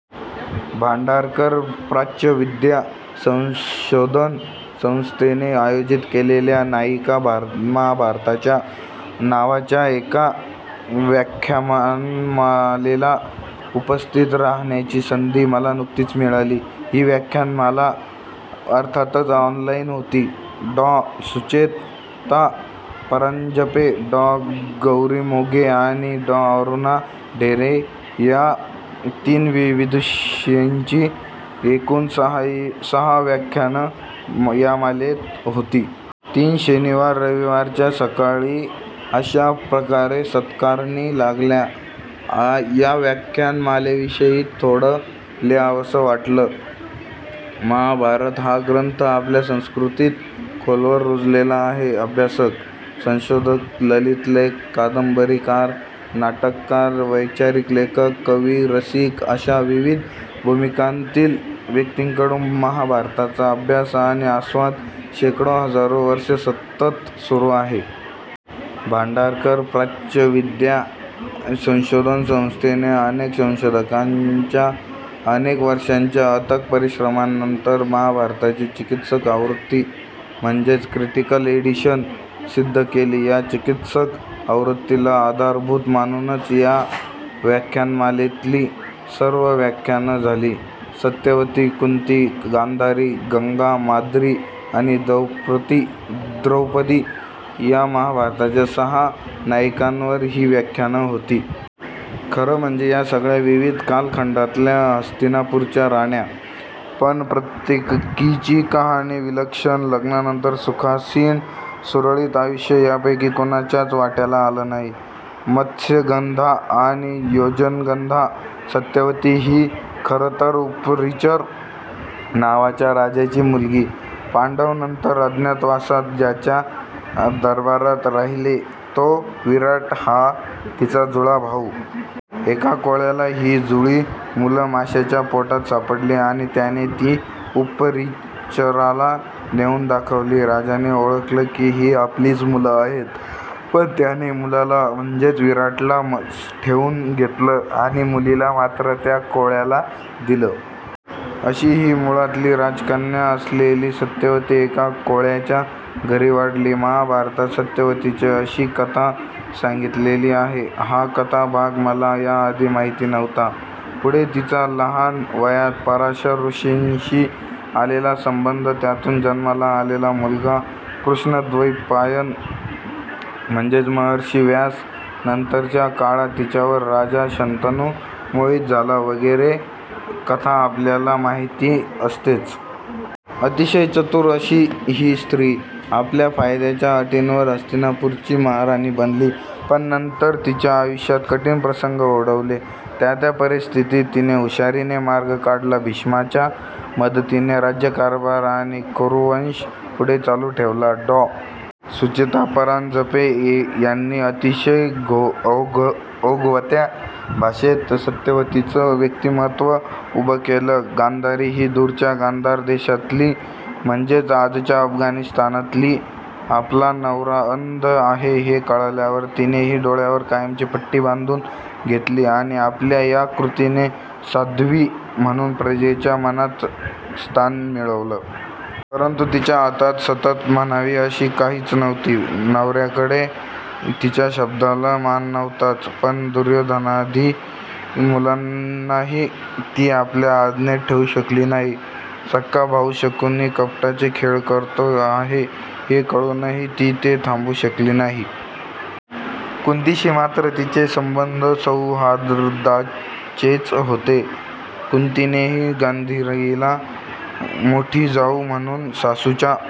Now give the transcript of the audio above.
भांडारकर प्राच्यविद्या संशोधन संस्थेने आयोजित केलेल्या 'नायिका महाभारताच्या' नावाच्या एका व्याख्यानमालेला उपस्थित राहण्याची संधी मला नुकतीच मिळाली. ही व्याख्यानमाला अर्थातच ऑनलाईन होती. डॉ. सुचेता परांजपे, डॉ. गौरी मोघे आणि डॉ. अरुणा ढेरे या तीन विदुषींची एकूण सहा व्याख्यानं या मालेत होती. तीन शनिवार-रविवारच्या सकाळी अशा प्रकारे सत्कारणी लागल्या. या व्याख्यान मालेविषयी थोडं लिहावंसं वाटलं. महाभारत हा ग्रंथ आपल्या संस्कृतीत खोलवर रुजलेला आहे. अभ्यासक, संशोधक, ललितलेखक, कादंबरीकार, नाटककार, वैचारिक लेखक, कवी, रसिक अशा विविध भूमिकांतील व्यक्तींकडून महाभारताचा अभ्यास आणि आस्वाद शेकडो-हजारो वर्षं सतत सुरू आहे. भांडारकर प्राच्यविद्या संशोधन संस्थेने अनेक संशोधकांच्या अनेक वर्षांच्या अथक परिश्रमांनंतर महाभारताची 'चिकित्सक आवृत्ती' म्हणजेच 'क्रिटिकल एडिशन' सिद्ध केली. या चिकित्सक आवृत्तीला आधारभूत मानूनच या व्याख्यानमालेतली सर्व व्याख्यानं झाली. सत्यवती, कुंती, गांधारी, गंगा, माद्री आणि द्रौपदी या महाभारताच्या सहा नायिकांवर ही व्याख्यानं होती. खरं म्हणजे या सगळ्या विविध कालखंडातल्या हस्तिनापूरच्या राण्या. पण प्रत्येकीची कहाणी विलक्षण. लग्नानंतर सुखासीन, सुरळीत आयुष्य यापैकी कुणाच्याच वाट्याला आलं नाही. मत्स्यगंधा किंवा योजनगंधा सत्यवती ही खरं तर 'उपरिचर' नावाच्या राजाची मुलगी. पांडव नंतर अज्ञातवासात ज्याच्या दरबारात राहिले, तो विराट हा तिचा जुळा भाऊ. एका कोळ्याला ही जुळी मुलं माशाच्या पोटात सापडली आणि त्याने ती उपरिचराला नेऊन दाखवली. राजाने ओळखलं, की ही आपलीच मुलं आहेत. पण त्याने मुलाला, म्हणजेच विराटाला ठेवून घेतलं आणि मुलीला मात्र त्या कोळ्याला दिलं. अशी ही मुळातली राजकन्या असलेली सत्यवती एका कोळ्याच्या घरी वाढली. महाभारतात सत्यवतीची अशी कथा सांगितलेली आहे. हा कथाभाग मला याआधी माहिती नव्हता. पुढे तिचा लहान वयात पराशर ऋषींशी आलेला संबंध, त्यातून जन्माला आलेला मुलगा कृष्णद्वैपायन, म्हणजेच महर्षी व्यास, नंतरच्या काळात तिच्यावर राजा शंतनु मोहित झाला वगैरे कथा आपल्याला माहिती असतेच. अतिशय चतुर अशी ही स्त्री. आपल्या फायद्याच्या अटींवर हस्तिनापूरची महाराणी बनली, पण नंतर तिच्या आयुष्यात कठीण प्रसंग ओढवले. त्या-त्या परिस्थितीत तिने हुशारीने मार्ग काढला, भीष्माच्या मदतीने राज्यकारभार आणि कुरुवंश पुढे चालू ठेवला. डॉ. सुचेता परांजपे यांनी अतिशय ओघवत्या भाषेत सत्यवतीचं व्यक्तिमत्त्व उभं केलं. गांधारी ही दूरच्या गांधार देशातली. म्हणजेच आजच्या अफगाणिस्तानातली. आपला नवरा अंध आहे हे कळल्यावर तिनेही डोळ्यांवर कायमची पट्टी बांधून घेतली. आणि आपल्या या कृतीने 'साध्वी' म्हणून प्रजेच्या मनात स्थान मिळवलं. परंतु तिच्या हातात सत्ता म्हणावी अशी काहीच नव्हती. नवर्याकडे तिच्या शब्दाला मान नव्हताच, पण दुर्योधनादि मुलांनाही ती आपल्या आज्ञेत ठेवू शकली नाही. सख्खा भाऊ शकुनी कपटाचे खेळ करतो आहे हे कळूनही ती ते थांबवू शकली नाही. कुंतीशी मात्र तिचे संबंध सौहार्दाचेच होते. कुंतीनेही गांधारीला मोठी जाऊ म्हणून, सासूच्या--